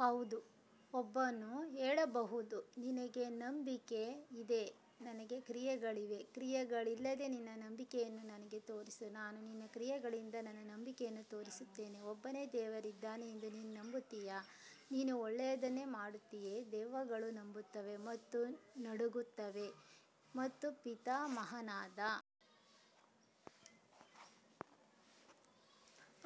ಹೌದು ಒಬ್ಬನು ಹೇಳಬಹುದು ನಿನಗೆ ನಂಬಿಕೆ ಇದೆ ನನಗೆ ಕ್ರಿಯೆಗಳಿವೆ ಕ್ರಿಯೆಗಳಿಲ್ಲದೆ ನಿನ್ನ ನಂಬಿಕೆಯನ್ನು ನನಗೆ ತೋರಿಸು ನಾನು ನನ್ನ ಕ್ರಿಯೆಗಳಿಂದ ನನ್ನ ನಂಬಿಕೆಯನ್ನು ತೋರಿಸುತ್ತೇನೆ ಒಬ್ಬನೇ ದೇವರಿದ್ದಾನೆ ಎಂದು ನೀನು ನಂಬುತ್ತೀಯಾ ನೀನು ಒಳ್ಳೆಯದನ್ನೇ ಮಾಡುತ್ತೀಯೆ ದೆವ್ವಗಳೂ ನಂಬುತ್ತವೆ ಮತ್ತು ನಡುಗುತ್ತವೆ ನಮ್ಮ ಪಿತಾಮಹನಾದ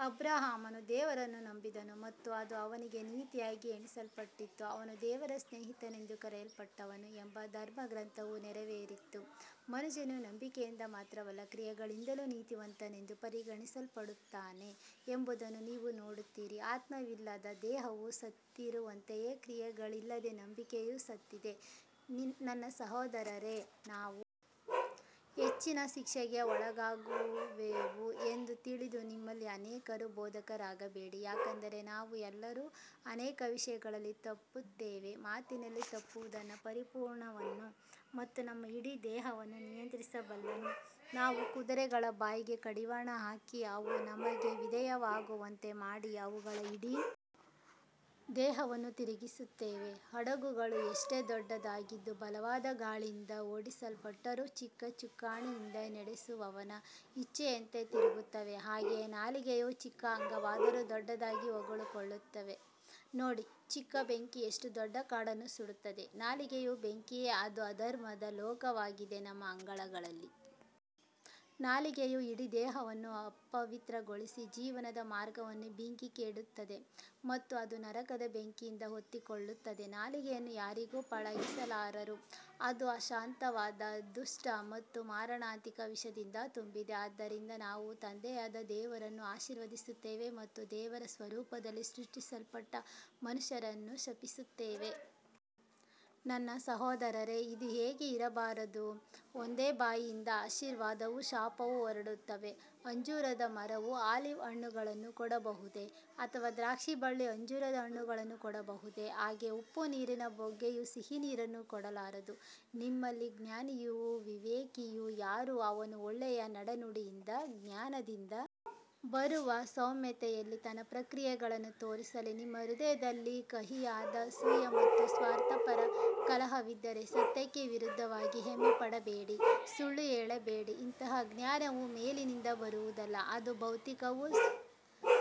ಅಬ್ರಹಾಮನು ದೇವರನ್ನು ನಂಬಿದನು ಮತ್ತು ಅದು ಅವನಿಗೆ ನೀತಿಯಾಗಿ ಎಣಿಸಲ್ಪಟ್ಟಿತು ಅವನು ದೇವರ ಸ್ನೇಹಿತನೆಂದು ಕರೆಯಲ್ಪಟ್ಟನು ಎಂಬ ಧರ್ಮಗ್ರಂಥವು ನೆರವೇರಿತು ಮನುಷ್ಯನು ನಂಬಿಕೆಯಿಂದ ಮಾತ್ರವಲ್ಲ ಕ್ರಿಯೆಗಳಿಂದಲೂ ನೀತಿವಂತನೆಂದು ಪರಿಗಣಿಸಲ್ಪಡುತ್ತಾನೆ ಎಂಬುದನ್ನು ನೀವು ನೋಡುತ್ತೀರಿ ಆತ್ಮವಿಲ್ಲದ ದೇಹವು ಸತ್ತಿರುವಂತೆಯೇ ಕ್ರಿಯೆಗಳಿಲ್ಲದ ನಂಬಿಕೆಯೂ ಸತ್ತಿದೆ ನನ್ನ ಸಹೋದರರೇ ನಾವು ಹೆಚ್ಚಿನ ಶಿಕ್ಷೆಗೆ ಒಳಗಾಗುವೆವು ಎಂದು ತಿಳಿದು ನಿಮ್ಮಲ್ಲಿ ಅನೇಕರು ಬೋಧಕರಾಗಬೇಡಿ ಯಾಕಂದರೆ ನಾವು ಎಲ್ಲರೂ ಅನೇಕ ವಿಷಯಗಳಲ್ಲಿ ತಪ್ಪುತ್ತೇವೆ ಮಾತಿನಲ್ಲಿ ತಪ್ಪದವನು ಪರಿಪೂರ್ಣನು ಮತ್ತು ತನ್ನ ಇಡೀ ದೇಹವನ್ನು ನಿಯಂತ್ರಿಸಬಲ್ಲನು ನಾವು ಕುದುರೆಗಳ ಬಾಯಿಗೆ ಕಡಿವಾಣ ಹಾಕಿ ಅವು ನಮಗೆ ವಿಧೇಯವಾಗುವಂತೆ ಮಾಡಿ ಅವುಗಳ ಇಡೀ ದೇಹವನ್ನು ತಿರುಗಿಸುತ್ತೇವೆ ಹಡಗುಗಳು ಎಷ್ಟೇ ದೊಡ್ಡದಾಗಿದ್ದು ಬಲವಾದ ಗಾಳಿಯಿಂದ ಓಡಿಸಲ್ಪಟ್ಟರೂ ಚಿಕ್ಕ ಚುಕ್ಕಾಣಿಯಿಂದ ನಡೆಸುವವನ ಇಚ್ಛೆಯಂತೆ ತಿರುಗುತ್ತವೆ ಹಾಗೆಯೇ ನಾಲಿಗೆಯೂ ಚಿಕ್ಕ ಅಂಗವಾದರೂ ದೊಡ್ಡದಾಗಿ ಹೊಗಳಿಕೊಳ್ಳುತ್ತದೆ ನೋಡಿ ಚಿಕ್ಕ ಬೆಂಕಿ ಎಷ್ಟು ದೊಡ್ಡ ಕಾಡನ್ನು ಸುಡುತ್ತದೆ ನಾಲಿಗೆಯೂ ಬೆಂಕಿಯೇ ಅದು ಅಧರ್ಮದ ಲೋಕವಾಗಿದೆ ನಮ್ಮ ಅಂಗಗಳಲ್ಲಿ ನಾಲಿಗೆಯು ಇಡೀ ದೇಹವನ್ನು ಅಪವಿತ್ರಗೊಳಿಸಿ ಜೀವನದ ಮಾರ್ಗವನ್ನು ಬೆಂಕಿಗಿಡುತ್ತದೆ ಮತ್ತು ಅದು ನರಕದ ಬೆಂಕಿಯಿಂದ ಹೊತ್ತಿಕೊಳ್ಳುತ್ತದೆ ನಾಲಿಗೆಯನ್ನು ಯಾರೂ ಪಳಗಿಸಲಾರರು ಅದು ಅಶಾಂತವಾದ ದುಷ್ಟ ಮತ್ತು ಮಾರಣಾಂತಿಕ ವಿಷದಿಂದ ತುಂಬಿದೆ ಅದರಿಂದ ನಾವು ತಂದೆಯಾದ ದೇವರನ್ನು ಆಶೀರ್ವದಿಸುತ್ತೇವೆ ಮತ್ತು ದೇವರ ಸ್ವರೂಪದಲ್ಲಿ ಸೃಷ್ಟಿಸಲ್ಪಟ್ಟ ಮನುಷ್ಯರನ್ನು ಶಪಿಸುತ್ತೇವೆ ನನ್ನ ಸಹೋದರರೇ ಇದು ಹೀಗೆ ಇರಬಾರದು ಒಂದೇ ಬಾಯಿಯಿಂದ ಆಶೀರ್ವಾದವೂ ಶಾಪವೂ ಹೊರಡುತ್ತವೆ ಅಂಜೂರದ ಮರವು ಆಲಿವ್ ಹಣ್ಣುಗಳನ್ನು ಕೊಡಬಹುದೇ ಅಥವಾ ದ್ರಾಕ್ಷಿಬಳ್ಳಿ ಅಂಜೂರದ ಹಣ್ಣುಗಳನ್ನು ಕೊಡಬಹುದೇ ಹಾಗೆಯೇ ಉಪ್ಪುನೀರಿನ ಬುಗ್ಗೆಯು ಸಿಹಿನೀರನ್ನು ಕೊಡಲಾರದು ನಿಮ್ಮಲ್ಲಿ ಜ್ಞಾನಿಯೂ ವಿವೇಕಿಯೂ ಯಾರು ಅವನು ಒಳ್ಳೆಯ ನಡೆನುಡಿಯಿಂದ ಜ್ಞಾನದಿಂದ ಬರುವ ಸೌಮ್ಯತೆಯಲ್ಲಿ ತನ್ನ ಕ್ರಿಯೆಗಳನ್ನು ತೋರಿಸಲಿ ನಿಮ್ಮ ಹೃದಯದಲ್ಲಿ ಕಹಿಯಾದ ಅಸೂಯೆ ಮತ್ತು ಸ್ವಾರ್ಥಪರ ಕಲಹವಿದ್ದರೆ ಸತ್ಯಕ್ಕೆ ವಿರುದ್ಧವಾಗಿ ಹೆಮ್ಮೆಪಡಬೇಡಿ ಸುಳ್ಳು ಹೇಳಬೇಡಿ ಇಂತಹ ಜ್ಞಾನವು ಮೇಲಿನಿಂದ ಬರುವುದಲ್ಲ ಅದು ಭೌತಿಕವೂ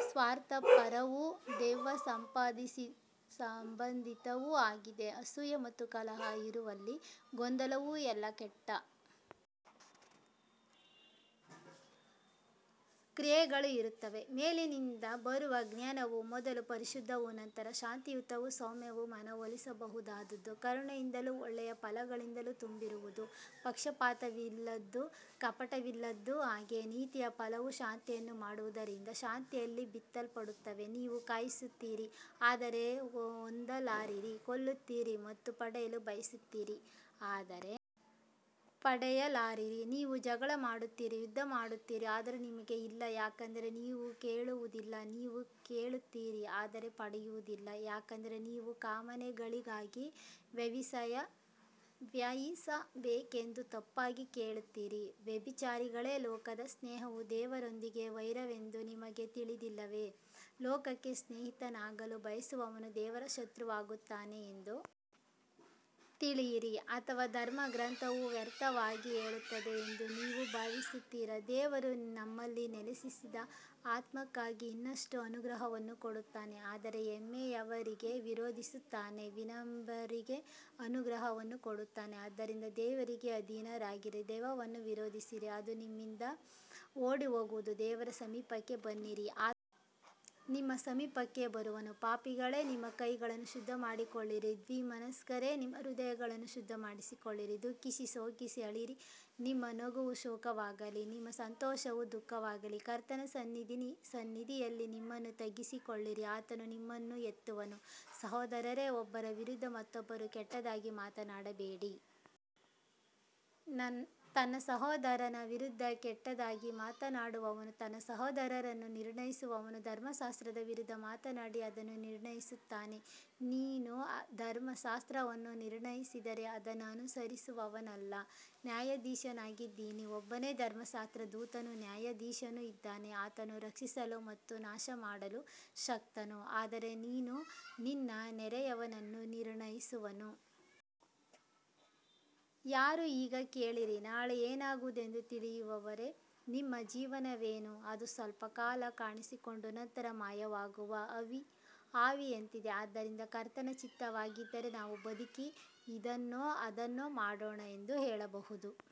ಸ್ವಾರ್ಥಪರವೂ ದೆವ್ವಸಂಬಂಧಿತವೂ ಆಗಿದೆ ಅಸೂಯೆ ಮತ್ತು ಕಲಹ ಇರುವಲ್ಲಿ ಗೊಂದಲವೂ ಎಲ್ಲಾ ಕೆಟ್ಟ ಕ್ರಿಯೆಗಳೂ ಇರುತ್ತವೆ ಮೇಲಿನಿಂದ ಬರುವ ಜ್ಞಾನವು ಮೊದಲು ಪರಿಶುದ್ಧವೂ ನಂತರ ಶಾಂತಿಯುತವೂ ಸೌಮ್ಯವೂ ಮನವೊಲಿಸಬಹುದಾದದ್ದೂ ಕರುಣೆಯಿಂದಲೂ ಒಳ್ಳೆಯ ಫಲಗಳಿಂದಲೂ ತುಂಬಿರುವುದೂ ಪಕ್ಷಪಾತವಿಲ್ಲದ್ದೂ ಕಪಟವಿಲ್ಲದ್ದೂ ಆಗಿದೆ ನೀತಿಯ ಫಲವು ಶಾಂತಿಯನ್ನು ಮಾಡುವವರಿಂದ ಶಾಂತಿಯಲ್ಲಿ ಬಿತ್ತಲ್ಪಡುತ್ತದೆ ನೀವು ಕಾಮಿಸುತ್ತೀರಿ ಆದರೆ ಹೊಂದಲಾರಿರಿ ಕೊಲ್ಲುತ್ತೀರಿ ಮತ್ತು ಪಡೆಯಲು ಬಯಸುತ್ತೀರಿ ಆದರೆ ಪಡೆಯಲಾರಿರಿ ನೀವು ಜಗಳವಾಡುತ್ತೀರಿ ಯುದ್ಧಮಾಡುತ್ತೀರಿ ಆದರೂ ನಿಮಗೆ ಇಲ್ಲ ಯಾಕಂದರೆ ನೀವು ಕೇಳುವುದಿಲ್ಲ ನೀವು ಕೇಳುತ್ತೀರಿ ಆದರೆ ಪಡೆಯುವುದಿಲ್ಲ ಯಾಕಂದರೆ ನಿಮ್ಮ ಕಾಮನೆಗಳಿಗಾಗಿ ವ್ಯಯಿಸಬೇಕೆಂದು ತಪ್ಪಾಗಿ ಕೇಳುತ್ತೀರಿ ವ್ಯಭಿಚಾರಿಗಳೇ ಲೋಕದ ಸ್ನೇಹವು ದೇವರೊಂದಿಗೆ ವೈರವೆಂದು ನಿಮಗೆ ತಿಳಿದಿಲ್ಲವೇ ಲೋಕಕ್ಕೆ ಸ್ನೇಹಿತನಾಗಲು ಬಯಸುವವನು ದೇವರ ಶತ್ರುವಾಗುತ್ತಾನೆ ಎಂದು ತಿಳಿಯಿರಿ ಅಥವಾ ಧರ್ಮಗ್ರಂಥವು ವ್ಯರ್ಥವಾಗಿ ಹೇಳುತ್ತದೆ ಎಂದು ನೀವು ಭಾವಿಸುತ್ತೀರಾ ದೇವರು ನಮ್ಮಲ್ಲಿ ನೆಲೆಸಿಸಿದ ಆತ್ಮಕ್ಕಾಗಿ ಇನ್ನಷ್ಟು ಅನುಗ್ರಹವನ್ನು ಕೊಡುತ್ತಾನೆ ಆದರೆ ಹೆಮ್ಮೆಯವರಿಗೆ ವಿರೋಧಿಸುತ್ತಾನೆ ವಿನಮ್ರರಿಗೆ ಅನುಗ್ರಹವನ್ನು ಕೊಡುತ್ತಾನೆ ಆದ್ದರಿಂದ ದೇವರಿಗೆ ಅಧೀನರಾಗಿರಿ ದೆವ್ವವನ್ನು ವಿರೋಧಿಸಿರಿ ಅದು ನಿಮ್ಮಿಂದ ಓಡಿಹೋಗುವುದು ದೇವರ ಸಮೀಪಕ್ಕೆ ಬನ್ನಿರಿ ಆತನು ನಿಮ್ಮ ಸಮೀಪಕ್ಕೆ ಬರುವನು ಪಾಪಿಗಳೇ ನಿಮ್ಮ ಕೈಗಳನ್ನು ಶುದ್ಧಮಾಡಿಕೊಳ್ಳಿರಿ ದ್ವಿಮನಸ್ಕರೇ ನಿಮ್ಮ ಹೃದಯಗಳನ್ನು ಶುದ್ಧಮಾಡಿಕೊಳ್ಳಿರಿ ದುಃಖಿಸಿ ಶೋಕಿಸಿ ಅಳಿರಿ ನಿಮ್ಮ ನಗುವು ಶೋಕವಾಗಲಿ ನಿಮ್ಮ ಸಂತೋಷವು ದುಃಖವಾಗಲಿ ಕರ್ತನ ಸನ್ನಿಧಿಯಲ್ಲಿ ನಿಮ್ಮನ್ನು ತಗ್ಗಿಸಿಕೊಳ್ಳಿರಿ ಆತನು ನಿಮ್ಮನ್ನು ಎತ್ತುವನು ಸಹೋದರರೇ ಒಬ್ಬರ ವಿರುದ್ಧ ಮತ್ತೊಬ್ಬರು ಕೆಟ್ಟದಾಗಿ ಮಾತನಾಡಬೇಡಿ ತನ್ನ ಸಹೋದರನ ವಿರುದ್ಧ ಕೆಟ್ಟದಾಗಿ ಮಾತನಾಡುವವನೂ ತನ್ನ ಸಹೋದರನನ್ನು ನಿರ್ಣಯಿಸುವವನೂ ಧರ್ಮಶಾಸ್ತ್ರದ ವಿರುದ್ಧ ಮಾತನಾಡಿ ಅದನ್ನು ನಿರ್ಣಯಿಸುತ್ತಾನೆ ನೀನು ಧರ್ಮಶಾಸ್ತ್ರವನ್ನು ನಿರ್ಣಯಿಸಿದರೆ ಅದನ್ನು ಅನುಸರಿಸುವವನಲ್ಲ ನ್ಯಾಯಾಧೀಶನಾಗಿದ್ದೀ ಒಬ್ಬನೇ ಧರ್ಮಶಾಸ್ತ್ರದಾತನೂ ನ್ಯಾಯಾಧೀಶನೂ ಇದ್ದಾನೆ ಆತನು ರಕ್ಷಿಸಲು ಮತ್ತು ನಾಶಮಾಡಲು ಶಕ್ತನು ಆದರೆ ನೀನು ನಿನ್ನ ನೆರೆಯವನನ್ನು ನಿರ್ಣಯಿಸುವವನು ಯಾರು ಈಗ ಕೇಳಿರಿ ನಾಳೆ ಏನಾಗುವುದೆಂದು ತಿಳಿಯದವರೇ ನಿಮ್ಮ ಜೀವನವೇನು ಅದು ಸ್ವಲ್ಪಕಾಲ ಕಾಣಿಸಿಕೊಂಡು ನಂತರ ಮಾಯವಾಗುವ ಆವಿಯಂತಿದೆ ಆದ್ದರಿಂದ ಕರ್ತನ ಚಿತ್ತವಾಗಿದ್ದರೆ ನಾವು ಬದುಕಿ ಇದನ್ನೋ ಅದನ್ನೋ ಮಾಡೋಣ ಎಂದು ಹೇಳಬೇಕು